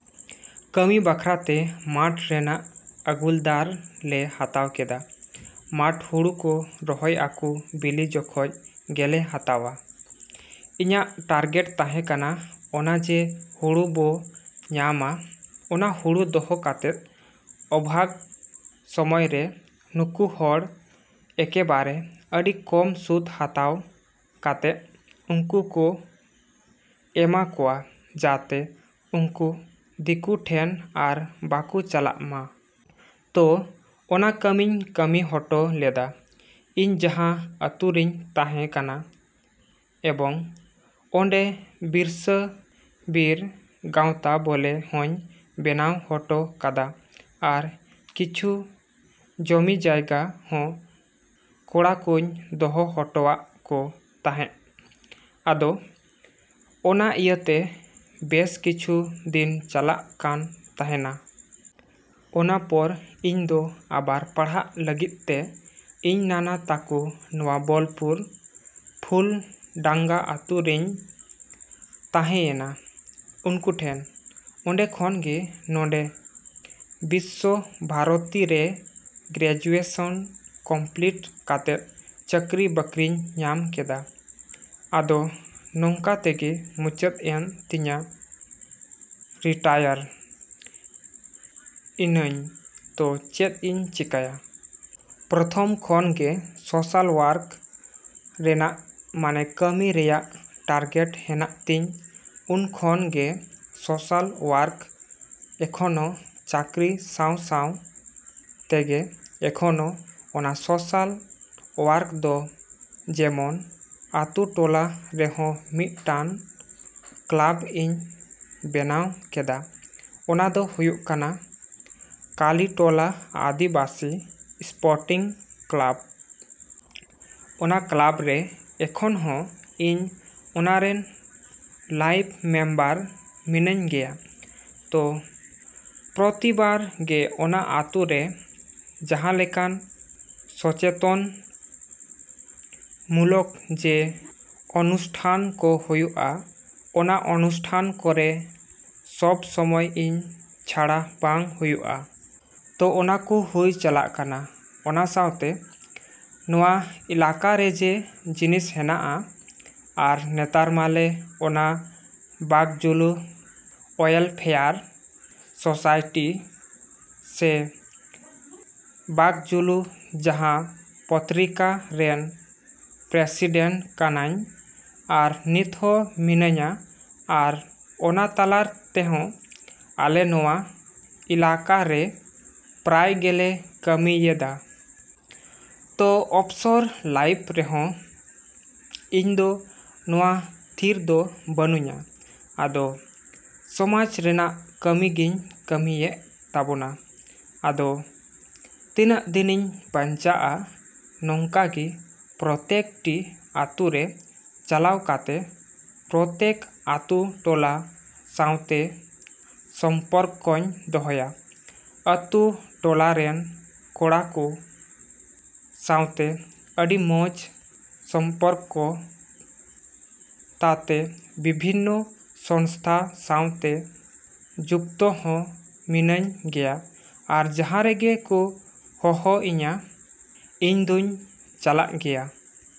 ‎ᱠᱟᱹᱢᱤ ᱵᱟᱠᱷᱨᱟ ᱛᱮ ᱢᱟᱴᱷ ᱨᱮᱱᱟᱜ ᱟᱜᱩᱞᱫᱟᱨ ᱞᱮ ᱦᱟᱛᱟᱣ ᱠᱮᱫᱟ᱾ ᱢᱟᱴᱷ ᱦᱩᱲᱩ ᱠᱚ ᱨᱚᱦᱚᱭ ᱟᱠᱚ ᱵᱤᱞᱤ ᱡᱚᱠᱷᱚᱡ ᱜᱮᱞᱮ ᱦᱟᱛᱟᱣᱟ᱾ ᱤᱧᱟᱜ ᱴᱟᱨᱜᱮᱴ ᱛᱟᱸᱦᱮ ᱠᱟᱱᱟ ᱚᱱᱟ ᱡᱮ ᱦᱩᱲᱩ ᱵᱚ ᱧᱟᱢᱟ ᱚᱱᱟ ᱦᱩᱲᱩ ᱫᱚᱦᱚ ᱠᱟᱛᱮᱜ ᱚᱵᱷᱟᱵᱽ ᱥᱚᱢᱚᱭᱨᱮ ᱱᱩᱠᱩ ᱦᱚᱲ ᱮᱠᱮᱵᱟᱨᱮ ᱟᱹᱰᱤ ᱠᱚᱢ ᱥᱩᱫ ᱦᱟᱛᱟᱣ ᱠᱟᱛᱮᱜ ᱩᱱᱠᱩ ᱠᱚ ᱮᱢᱟ ᱠᱚᱣᱟ ᱡᱟᱛᱮ ᱩᱱᱠᱩ ᱫᱤᱠᱩ ᱴᱷᱮᱱ ᱟᱨ ᱵᱟᱠᱚ ᱪᱟᱞᱟᱜ ᱢᱟ᱾ ᱛᱚ ᱚᱱᱟ ᱠᱟᱹᱢᱤᱧ ᱠᱟᱹᱢᱤ ᱦᱚᱴᱚ ᱞᱮᱫᱟ ᱤᱧ ᱡᱟᱸᱦᱟ ᱟᱹᱛᱩᱨᱤᱧ ᱛᱟᱸᱦᱮ ᱠᱟᱱᱟ ᱮᱵᱚᱝ ᱚᱸᱰᱮ ᱵᱤᱨᱥᱟᱹᱼᱵᱤᱨ ᱜᱟᱶᱛᱟ ᱵᱚᱞᱮ ᱦᱚᱧ ᱵᱮᱱᱟᱣ ᱦᱚᱴᱚ ᱠᱟᱫᱟ ᱟᱨ ᱠᱤᱪᱷᱩ ᱡᱚᱢᱤ ᱡᱟᱭᱜᱟ ᱦᱚᱸ ᱠᱚᱲᱟ ᱠᱚᱧ ᱫᱚᱦᱚ ᱦᱚᱴᱚᱣᱟᱜ ᱠᱚ ᱛᱟᱸᱦᱮᱜ᱾ ᱟᱫᱚ ᱚᱱᱟ ᱤᱭᱟᱹᱛᱮ ᱵᱮᱥ ᱠᱤᱪᱷᱩ ᱫᱤᱱ ᱪᱟᱞᱟᱜ ᱠᱟᱱ ᱛᱟᱸᱦᱮᱱᱟ᱾ ᱚᱱᱟ ᱯᱚᱨ ᱤᱧ ᱫᱚ ᱟᱵᱟᱨ ᱯᱟᱲᱦᱟᱜ ᱞᱟᱹᱜᱤᱫᱛᱮ ᱤᱧ ᱱᱟᱱᱟ ᱛᱟᱠᱚ ᱱᱚᱣᱟ ᱵᱚᱞᱯᱩᱨ ᱯᱷᱩᱞ ᱰᱟᱝᱜᱟ ᱟᱹᱛᱩ ᱨᱤᱧ ᱛᱟᱸᱦᱮᱭᱮᱱᱟ ᱩᱱᱠᱩ ᱴᱷᱮᱱ᱾ ᱚᱸᱰᱮ ᱠᱷᱚᱱᱜᱮ ᱱᱚᱰᱮ ᱵᱤᱥᱥᱚ ᱵᱷᱟᱨᱚᱛᱤᱨᱮ ᱜᱨᱮᱡᱩᱭᱮᱥᱚᱱ ᱠᱚᱢᱯᱞᱤᱴ ᱠᱟᱛᱮᱜ ᱪᱟᱹᱠᱨᱤ ᱵᱟᱹᱠᱨᱤᱧ ᱧᱟᱢ ᱠᱮᱫᱟ᱾ ᱟᱫᱚ ᱱᱚᱝᱠᱟ ᱛᱮᱜᱮ ᱢᱩᱪᱟᱹᱫ ᱮᱱ ᱛᱤᱧᱟ ᱨᱤᱴᱟᱭᱟᱨ ᱤᱱᱟᱹᱧ ᱛᱚ ᱪᱮᱫ ᱤᱧ ᱪᱤᱠᱟᱭᱟ᱾ ᱯᱨᱚᱛᱷᱚᱢ ᱠᱷᱚᱱᱜᱮ ᱥᱚᱥᱟᱞ ᱚᱣᱟᱨᱠ ᱨᱮᱱᱟᱜ ᱢᱟᱱᱮ ᱠᱟᱹᱢᱤ ᱨᱮᱭᱟᱜ ᱴᱟᱨᱜᱮᱴ ᱦᱮᱱᱟᱜ ᱛᱤᱧ ᱩᱱᱠᱷᱚᱱ ᱜᱮ ᱥᱚᱥᱟᱞ ᱚᱣᱟᱨᱠ ᱮᱠᱷᱚᱱᱚ ᱪᱟᱠᱨᱤ ᱥᱟᱶ ᱥᱟᱶ ᱛᱮᱜᱮ ᱮᱠᱷᱚᱱᱚ ᱚᱱᱟ ᱥᱚᱥᱟᱞ ᱚᱣᱟᱨᱠ ᱫᱚ ᱡᱮᱢᱚᱱ ᱟᱹᱛᱩ ᱴᱚᱞᱟ ᱨᱮᱦᱚᱸ ᱢᱤᱫᱴᱟᱱ ᱠᱞᱟᱵᱽ ᱤᱧ ᱵᱮᱱᱟᱣ ᱠᱮᱫᱟ ᱚᱱᱟ ᱫᱚ ᱦᱩᱭᱩᱜ ᱠᱟᱱᱟ ᱠᱟᱞᱤᱛᱚᱞᱟ ᱟᱫᱤᱵᱟᱥᱤ ᱥᱯᱚᱨᱴᱤᱝ ᱠᱞᱟᱵᱽ᱾ ᱚᱱᱟ ᱠᱞᱟᱵᱽ ᱨᱮ ᱮᱱᱠᱷᱚᱱᱦᱚᱸ ᱤᱧ ᱚᱱᱟᱨᱮᱱ ᱞᱟᱭᱤᱵᱽ ᱢᱮᱢᱵᱟᱨ ᱢᱤᱱᱟᱹᱧ ᱜᱮᱭᱟ᱾ ᱛᱚ ᱯᱨᱚᱛᱤᱵᱟᱨ ᱜᱮ ᱚᱱᱟ ᱟᱛᱩ ᱨᱮ ᱡᱟᱸᱦᱟ ᱞᱮᱠᱟᱱ ᱥᱚᱪᱮᱛᱚᱱ ᱢᱩᱞᱚᱠ ᱡᱮ ᱚᱱᱩᱥᱴᱷᱟᱱ ᱠᱚ ᱦᱩᱭᱩᱜᱼᱟ ᱚᱱᱟ ᱚᱱᱩᱥᱴᱷᱟᱱ ᱠᱚᱨᱮ ᱥᱚᱵᱽ ᱥᱚᱢᱚᱭ ᱤᱧ ᱪᱷᱟᱲᱟ ᱵᱟᱝ ᱦᱩᱭᱩᱜᱼᱟ᱾ ᱛᱚ ᱚᱱᱟ ᱠᱚ ᱦᱩᱭ ᱪᱟᱞᱟᱜ ᱠᱟᱱᱟ ᱚᱱᱟ ᱥᱟᱶᱛᱮ ᱱᱚᱣᱟ ᱮᱞᱟᱠᱟᱨᱮ ᱡᱮ ᱡᱤᱱᱤᱥ ᱦᱮᱱᱟᱜᱼᱟ ᱟᱨ ᱱᱮᱛᱟᱨ ᱢᱟᱞᱮ ᱚᱱᱟ ᱵᱟᱠᱡᱩᱞᱩ ᱳᱭᱮᱞᱯᱷᱮᱭᱟᱨ ᱥᱚᱥᱟᱭᱴᱤ ᱥᱮ ᱵᱟᱠ ᱡᱩᱞᱩ ᱡᱟᱸᱦᱟ ᱯᱚᱛᱨᱤᱠᱟ ᱨᱮᱱ ᱯᱨᱮᱥᱤᱰᱮᱱᱴ ᱠᱟᱱᱟᱧ ᱟᱨ ᱱᱤᱛ ᱦᱚᱸ ᱢᱤᱱᱟᱹᱧᱟ ᱟᱨ ᱚᱱᱟ ᱛᱟᱞᱟ ᱛᱮᱦᱚᱸ ᱟᱞᱮ ᱱᱚᱣᱟ ᱮᱞᱟᱠᱟᱨᱮ ᱯᱨᱟᱭ ᱜᱮᱞᱮ ᱠᱟᱹᱢᱤᱭᱮᱫᱟ᱾ ᱛᱚ ᱚᱯᱥᱚᱨ ᱞᱟᱭᱤᱯᱷ ᱨᱮᱦᱚᱸ ᱤᱧ ᱫᱚ ᱱᱚᱣᱟ ᱛᱷᱤᱨ ᱫᱚ ᱵᱟᱹᱱᱩᱧᱟ ᱟᱫᱚ ᱥᱚᱢᱟᱡᱽ ᱨᱮᱱᱟᱜ ᱠᱟᱹᱢᱤ ᱜᱤᱧ ᱠᱟᱹᱢᱤᱭᱮᱜ ᱛᱟᱵᱚᱱᱟ᱾ ᱟᱫᱚ ᱛᱤᱱᱟᱹᱜ ᱫᱤᱱᱤᱧ ᱵᱟᱧᱪᱟᱜᱼᱟ ᱱᱚᱝᱠᱟᱜᱮ ᱯᱨᱚᱛᱛᱮᱠᱴᱤ ᱟᱹᱛᱩ ᱨᱮ ᱪᱟᱞᱟᱣ ᱠᱟᱛᱮ ᱯᱨᱚᱛᱛᱮᱠ ᱟᱛᱩ ᱴᱚᱞᱟ ᱥᱟᱶᱛᱮ ᱥᱚᱢᱯᱚᱨᱠᱚᱧ ᱫᱚᱦᱚᱭᱟ, ᱟᱹᱛᱩ ᱴᱚᱞᱟᱨᱮᱱ ᱠᱚᱲᱟ ᱠᱚ ᱥᱟᱶᱛᱮ ᱟᱹᱰᱤ ᱢᱚᱸᱡᱽ ᱥᱚᱢᱯᱚᱨᱠᱚ ᱛᱟᱛᱮ ᱵᱤᱵᱷᱤᱱᱱᱚ ᱥᱚᱝᱥᱛᱟ ᱥᱟᱣᱛᱮ ᱡᱩᱠᱛᱚ ᱦᱚᱸ ᱢᱤᱱᱟᱹᱧ ᱜᱮᱭᱟ ᱟᱨ ᱡᱟᱸᱦᱟ ᱨᱮᱜᱮ ᱠᱚ ᱦᱚᱦᱚ ᱤᱧᱟ ᱤᱧᱫᱩᱧ ᱪᱟᱞᱟᱜ ᱜᱮᱭᱟ᱾